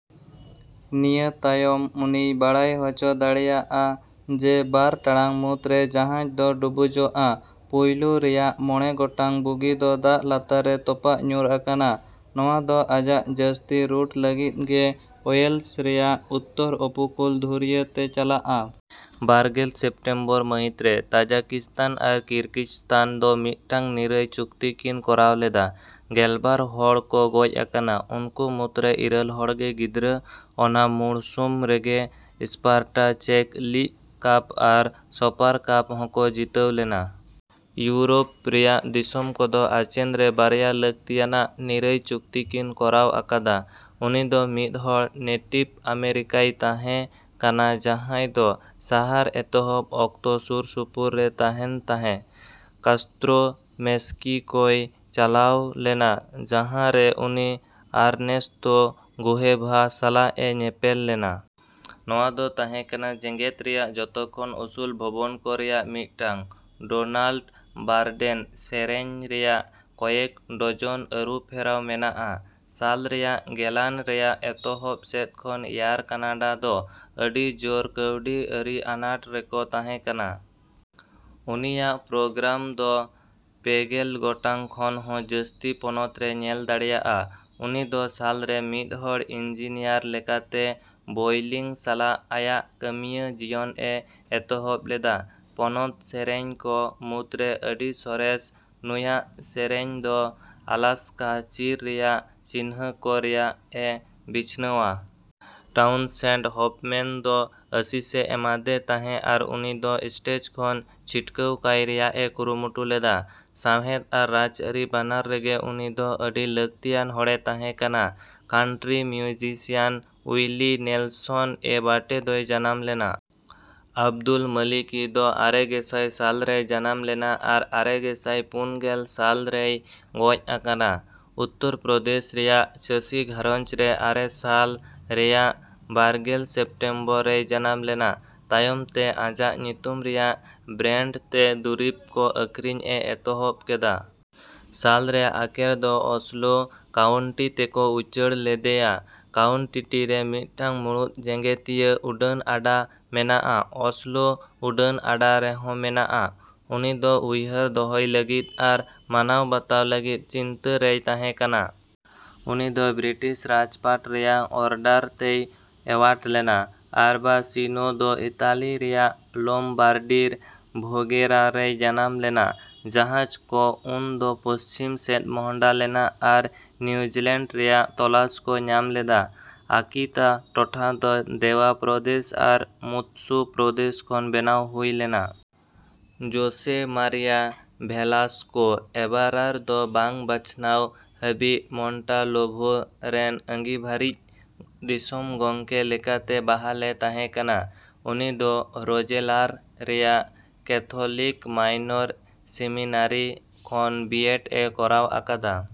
‎ᱱᱤᱭᱟᱹ ᱛᱟᱭᱚᱢ ᱩᱱᱤᱭ ᱵᱟᱲᱟᱭ ᱦᱚᱪᱚ ᱫᱟᱲᱮᱭᱟᱜᱼᱟ, ᱡᱮ ᱵᱟᱨ ᱴᱟᱲᱟᱝ ᱢᱩᱫᱨᱮ ᱡᱟᱦᱟᱡ ᱫᱚ ᱰᱩᱵᱩᱡᱚᱜᱼᱟ᱾ ᱯᱳᱭᱞᱳ ᱨᱮᱭᱟᱜ ᱢᱚᱬᱮ ᱜᱚᱴᱟᱝ ᱵᱩᱜᱤ ᱫᱚ ᱫᱟᱜ ᱞᱟᱛᱟᱨ ᱨᱮ ᱛᱚᱯᱟᱜ ᱧᱩᱨ ᱟᱠᱟᱱᱟ᱾ ᱱᱚᱶᱟ ᱫᱚ ᱟᱡᱟᱜ ᱡᱟᱹᱥᱛᱤ ᱨᱩᱴ ᱞᱟᱹᱜᱤᱫ ᱜᱮ ᱳᱭᱮᱞᱥ ᱨᱮᱭᱟᱜ ᱩᱛᱛᱚᱨ ᱩᱯᱚᱠᱩᱞ ᱫᱷᱩᱨᱭᱟᱹ ᱛᱮ ᱪᱟᱞᱟᱜᱼᱟ᱾ ᱵᱟᱨᱜᱮᱞ ᱥᱮᱯᱴᱮᱢᱵᱚᱨ ᱢᱟᱹᱦᱤᱛᱨᱮ, ᱛᱟᱡᱟᱠᱤᱥᱛᱟᱱ ᱟᱨ ᱠᱤᱨᱜᱤᱡᱥᱛᱟᱱ ᱫᱚ ᱢᱤᱫᱴᱟᱝ ᱱᱤᱨᱟᱹᱭ ᱪᱩᱠᱛᱤ ᱠᱤᱱ ᱠᱚᱨᱟᱣ ᱞᱮᱫᱟ᱾ ᱜᱮᱞᱵᱟᱨ ᱦᱚᱲ ᱠᱚ ᱜᱚᱡ ᱟᱠᱟᱱᱟ, ᱩᱱᱠᱩ ᱢᱩᱫᱨᱮ ᱤᱨᱟᱹᱞ ᱦᱚᱲ ᱜᱮ ᱜᱤᱫᱽᱨᱟᱹ᱾ ᱚᱱᱟ ᱢᱩᱲᱥᱩᱢ ᱨᱮᱜᱮ ᱥᱯᱟᱨᱴᱟ ᱪᱮᱠ ᱞᱤᱜ ᱠᱟᱯ ᱟᱨ ᱥᱩᱯᱟᱨ ᱠᱟᱯ ᱦᱚᱸᱠᱚ ᱡᱤᱛᱟᱹᱣ ᱞᱮᱱᱟ᱾ ᱤᱭᱩᱨᱳᱯ ᱨᱮᱭᱟᱜ ᱫᱤᱥᱚᱢ ᱠᱚᱫᱚ ᱟᱪᱮᱱ ᱨᱮ ᱵᱟᱨᱭᱟ ᱞᱟᱹᱠᱛᱤᱭᱟᱱᱟᱜ ᱱᱤᱨᱟᱹᱭ ᱪᱩᱠᱛᱤ ᱠᱤᱱ ᱠᱚᱨᱟᱣ ᱟᱠᱟᱫᱟ᱾ ᱩᱱᱤᱫᱚ ᱢᱤᱫᱦᱚᱲ ᱱᱮᱴᱤᱵᱷ ᱟᱢᱮᱨᱤᱠᱟᱭ ᱛᱟᱦᱮᱸ ᱠᱟᱱᱟ ᱡᱟᱸᱦᱟᱭ ᱫᱚ ᱥᱟᱦᱟᱨ ᱮᱛᱚᱦᱚᱵ ᱚᱠᱛᱚ ᱥᱩᱨᱥᱩᱯᱩᱨᱮ ᱛᱟᱦᱮᱱ ᱛᱟᱦᱮᱸ᱾ ᱠᱟᱥᱛᱨᱳ ᱢᱮᱥᱠᱤᱠᱳᱭ ᱞᱟᱪᱟᱣ ᱞᱮᱱᱟ, ᱡᱟᱸᱦᱟᱨᱮ ᱩᱱᱤ ᱟᱨᱱᱮᱥᱛᱳ ᱜᱩᱦᱮᱵᱷᱟ ᱥᱟᱞᱟᱜ ᱮ ᱧᱮᱯᱮᱞ ᱞᱮᱱᱟ᱾ ᱱᱚᱶᱟ ᱫᱚ ᱛᱟᱦᱮᱸ ᱠᱟᱱᱟ ᱡᱮᱜᱮᱫ ᱨᱮᱭᱟᱜ ᱡᱚᱛᱚᱠᱷᱚᱱ ᱩᱥᱩᱞ ᱵᱷᱚᱵᱚᱱ ᱠᱚ ᱨᱮᱭᱟᱜ ᱢᱤᱫᱴᱟᱝ᱾ ᱰᱳᱱᱟᱞᱰ ᱵᱟᱨᱰᱮᱱ ᱥᱮᱹᱨᱮᱹᱧ ᱨᱮᱭᱟᱜ ᱠᱚᱭᱮᱠ ᱰᱚᱡᱚᱱ ᱟᱹᱨᱩᱯᱷᱮᱨᱟᱣ ᱢᱮᱱᱟᱜᱼᱟ᱾ ᱥᱟᱞ ᱨᱮᱭᱟᱜ ᱜᱮᱞᱟᱱ ᱨᱮᱭᱟᱜ ᱮᱛᱚᱦᱚᱵ ᱥᱮᱫ ᱠᱷᱚᱱ ᱮᱭᱟᱨ ᱠᱟᱱᱟᱰᱟ ᱫᱚ ᱟᱹᱰᱤ ᱡᱳᱨ ᱠᱟᱹᱣᱰᱤ ᱟᱹᱨᱤ ᱟᱱᱟᱴ ᱨᱮᱠᱚ ᱛᱟᱦᱮᱸ ᱠᱟᱱᱟ᱾ ᱩᱱᱤᱭᱟᱜ ᱯᱨᱳᱜᱨᱟᱢ ᱫᱚ ᱯᱮᱜᱮᱞ ᱜᱚᱴᱟᱝ ᱠᱷᱚᱱ ᱦᱚᱸ ᱡᱟᱹᱥᱛᱤ ᱯᱚᱱᱚᱛ ᱨᱮ ᱧᱟᱢ ᱫᱟᱲᱮᱭᱟᱜᱼᱟ᱾ ᱩᱱᱤ ᱫᱚ ᱥᱟᱞ ᱨᱮ ᱢᱤᱫᱦᱚᱲ ᱤᱧᱡᱤᱱᱤᱭᱟᱨ ᱞᱮᱠᱟᱛᱮ ᱵᱳᱭᱞᱤᱝ ᱥᱟᱞᱟᱜ ᱟᱭᱟᱜ ᱠᱟᱹᱢᱤᱭᱟᱹ ᱡᱤᱭᱚᱱᱮ ᱮᱛᱚᱦᱚᱵ ᱞᱮᱫᱟ᱾ ᱯᱚᱱᱚᱛ ᱥᱮᱹᱨᱮᱹᱧ ᱠᱚ ᱢᱩᱫᱨᱮ ᱟᱹᱰᱤ ᱥᱚᱨᱮᱥ, ᱱᱩᱭᱟᱜ ᱥᱮᱹᱨᱮᱹᱧ ᱫᱚ ᱟᱞᱟᱥᱠᱟ ᱪᱤᱨ ᱨᱮᱭᱟᱜ ᱪᱤᱱᱦᱟᱹ ᱠᱚ ᱨᱮᱭᱟᱜ ᱮ ᱵᱤᱪᱷᱱᱟᱹᱣᱟ᱾ ᱴᱟᱣᱩᱱᱥᱮᱱᱰ ᱦᱚᱯᱷᱢᱮᱹᱱ ᱫᱚ ᱟᱹᱥᱤᱥᱮ ᱮᱢᱟᱫᱮ ᱛᱟᱦᱮᱸ ᱟᱨ ᱩᱱᱤ ᱫᱚ ᱥᱴᱮᱡ ᱠᱷᱚᱱ ᱪᱷᱤᱴᱠᱟᱹᱣ ᱠᱟᱭ ᱨᱮᱭᱟᱜ ᱮ ᱠᱩᱨᱩᱢᱩᱴᱩ ᱞᱮᱫᱟ᱾ ᱥᱟᱶᱦᱮᱫ ᱟᱨ ᱨᱟᱡᱽ ᱟᱹᱨᱤ ᱵᱟᱱᱟᱨ ᱨᱮᱜᱮ ᱩᱱᱤᱫᱚ ᱟᱹᱰᱤ ᱞᱟᱹᱠᱛᱤᱭᱟᱱ ᱦᱚᱲᱮ ᱛᱟᱦᱮᱸ ᱠᱟᱱᱟ᱾ ᱠᱟᱱᱴᱨᱤ ᱢᱤᱭᱩᱡᱤᱥᱤᱭᱟᱱ ᱩᱭᱞᱤ ᱱᱮᱞᱥᱚᱱ ᱮᱹᱵᱟᱴᱮ ᱫᱚᱭ ᱡᱟᱱᱟᱢ ᱞᱮᱱᱟ᱾ ᱟᱵᱫᱩᱞ ᱢᱟᱞᱤᱠᱤ ᱫᱚ ᱟᱨᱮᱜᱮᱥᱟᱭ ᱥᱟᱞ ᱨᱮᱭ ᱡᱟᱱᱟᱢ ᱞᱮᱱᱟ ᱟᱨ ᱟᱨᱮᱜᱮᱥᱟᱭ ᱯᱩᱱᱜᱮᱞ ᱥᱟᱞ ᱨᱮᱭ ᱜᱚᱡ ᱟᱠᱟᱱᱟ᱾ ᱩᱛᱛᱚᱨ ᱯᱨᱚᱫᱮᱥ ᱨᱮᱭᱟᱜ ᱪᱟᱹᱥᱤ ᱜᱷᱟᱸᱨᱚᱡᱽ ᱨᱮ ᱟᱨᱮ ᱥᱟᱞ ᱨᱮᱭᱟᱜ ᱵᱟᱨᱜᱮᱞ ᱥᱮᱯᱴᱮᱢᱵᱚᱨ ᱨᱮᱭ ᱡᱟᱱᱟᱢ ᱞᱮᱱᱟ᱾ ᱛᱟᱭᱚᱢ ᱛᱮ ᱟᱡᱟᱜ ᱧᱩᱛᱩᱢ ᱨᱮᱭᱟᱜ ᱵᱨᱮᱹᱱᱰ ᱛᱮ ᱫᱩᱨᱤᱵ ᱠᱚ ᱟᱹᱠᱷᱨᱤᱧ ᱮ ᱮᱛᱚᱦᱚᱵ ᱠᱮᱫᱟ᱾ ᱥᱟᱞ ᱨᱮ ᱟᱠᱮᱨ ᱫᱚ ᱚᱥᱞᱳ ᱠᱟᱣᱩᱱᱴᱤ ᱛᱮᱠᱚ ᱩᱪᱷᱟᱹᱲ ᱞᱮᱫᱮᱭᱟ᱾ ᱠᱟᱣᱩᱱᱴᱤᱴᱤᱨᱮ ᱢᱤᱫᱴᱟᱝ ᱢᱩᱲᱩᱫ ᱡᱮᱜᱮᱛᱤᱭᱟᱹ ᱩᱰᱟᱹᱱ ᱟᱰᱟ ᱢᱮᱱᱟᱜᱼᱟ, ᱚᱥᱞᱳ ᱩᱰᱟᱹᱱ ᱟᱰᱟ ᱨᱮᱦᱚᱸ ᱢᱮᱱᱟᱜᱼᱟ᱾ ᱩᱱᱤ ᱫᱚ ᱩᱭᱦᱟᱹᱨ ᱫᱚᱦᱚᱭ ᱞᱟᱹᱜᱤᱫ ᱟᱨ ᱢᱟᱱᱟᱣᱼᱵᱟᱛᱟᱣ ᱞᱟᱹᱜᱤᱫ ᱪᱤᱱᱛᱟᱹ ᱨᱮᱭ ᱛᱟᱦᱮᱸ ᱠᱟᱱᱟ᱾ ᱩᱱᱤᱫᱚ ᱵᱨᱤᱴᱤᱥ ᱨᱟᱡᱽᱯᱟᱴ ᱨᱮᱭᱟᱜ ᱚᱨᱰᱟᱨ ᱛᱮᱭ ᱮᱣᱟᱨᱰ ᱞᱮᱱᱟ᱾ ᱟᱨᱵᱟᱥᱤᱱᱳ ᱫᱚ ᱤᱛᱟᱞᱤ ᱨᱮᱭᱟᱜ ᱞᱳᱢᱵᱟᱨᱰᱤᱨ ᱵᱷᱳᱜᱮᱨᱟ ᱨᱮᱭ ᱡᱟᱱᱟᱢ ᱞᱮᱱᱟ᱾ ᱡᱟᱦᱟᱡ ᱠᱚ ᱩᱱᱫᱚ ᱯᱚᱥᱪᱷᱤᱢ ᱥᱮᱫ ᱢᱚᱦᱚᱰᱟ ᱞᱮᱱᱟ ᱟᱨ ᱱᱤᱭᱩᱡᱤᱞᱮᱹᱱᱰ ᱨᱮᱭᱟᱜ ᱛᱚᱞᱟᱥ ᱠᱚ ᱧᱟᱢ ᱞᱮᱫᱟ᱾ ᱟᱠᱤᱛᱟ ᱴᱚᱴᱷᱟ ᱫᱚ ᱫᱮᱣᱟ ᱯᱨᱚᱫᱮᱥ ᱟᱨ ᱢᱩᱛᱥᱩ ᱯᱨᱚᱫᱮᱥ ᱠᱷᱚᱱ ᱵᱮᱱᱟᱣ ᱦᱩᱭ ᱞᱮᱱᱟ᱾ ᱡᱳᱥᱮ ᱢᱟᱨᱤᱭᱟ ᱵᱷᱮᱞᱟᱥᱠᱳ ᱤᱵᱟᱨᱟᱨ ᱫᱚ ᱵᱟᱝ ᱵᱟᱪᱷᱱᱟᱣ ᱦᱟᱹᱵᱤᱡ ᱢᱚᱱᱴᱟᱞᱚᱵᱷᱳ ᱨᱮᱱ ᱟᱹᱜᱤᱵᱷᱟᱨᱤᱡ ᱫᱤᱥᱚᱢ ᱜᱚᱝᱠᱮ ᱞᱮᱠᱟᱛᱮ ᱵᱟᱦᱟᱞᱮ ᱛᱟᱦᱮᱸ ᱠᱟᱱᱟ᱾ ᱩᱱᱤ ᱫᱚ ᱨᱳᱡᱮᱞᱟᱨ ᱨᱮᱭᱟᱜ ᱠᱮᱹᱛᱷᱚᱞᱤᱠ ᱢᱟᱭᱱᱚᱨ ᱥᱮᱢᱤᱱᱟᱨᱤ ᱠᱷᱚᱱ ᱵᱤ ᱮᱰ ᱮ ᱠᱚᱨᱟᱣ ᱟᱠᱟᱫᱟ᱾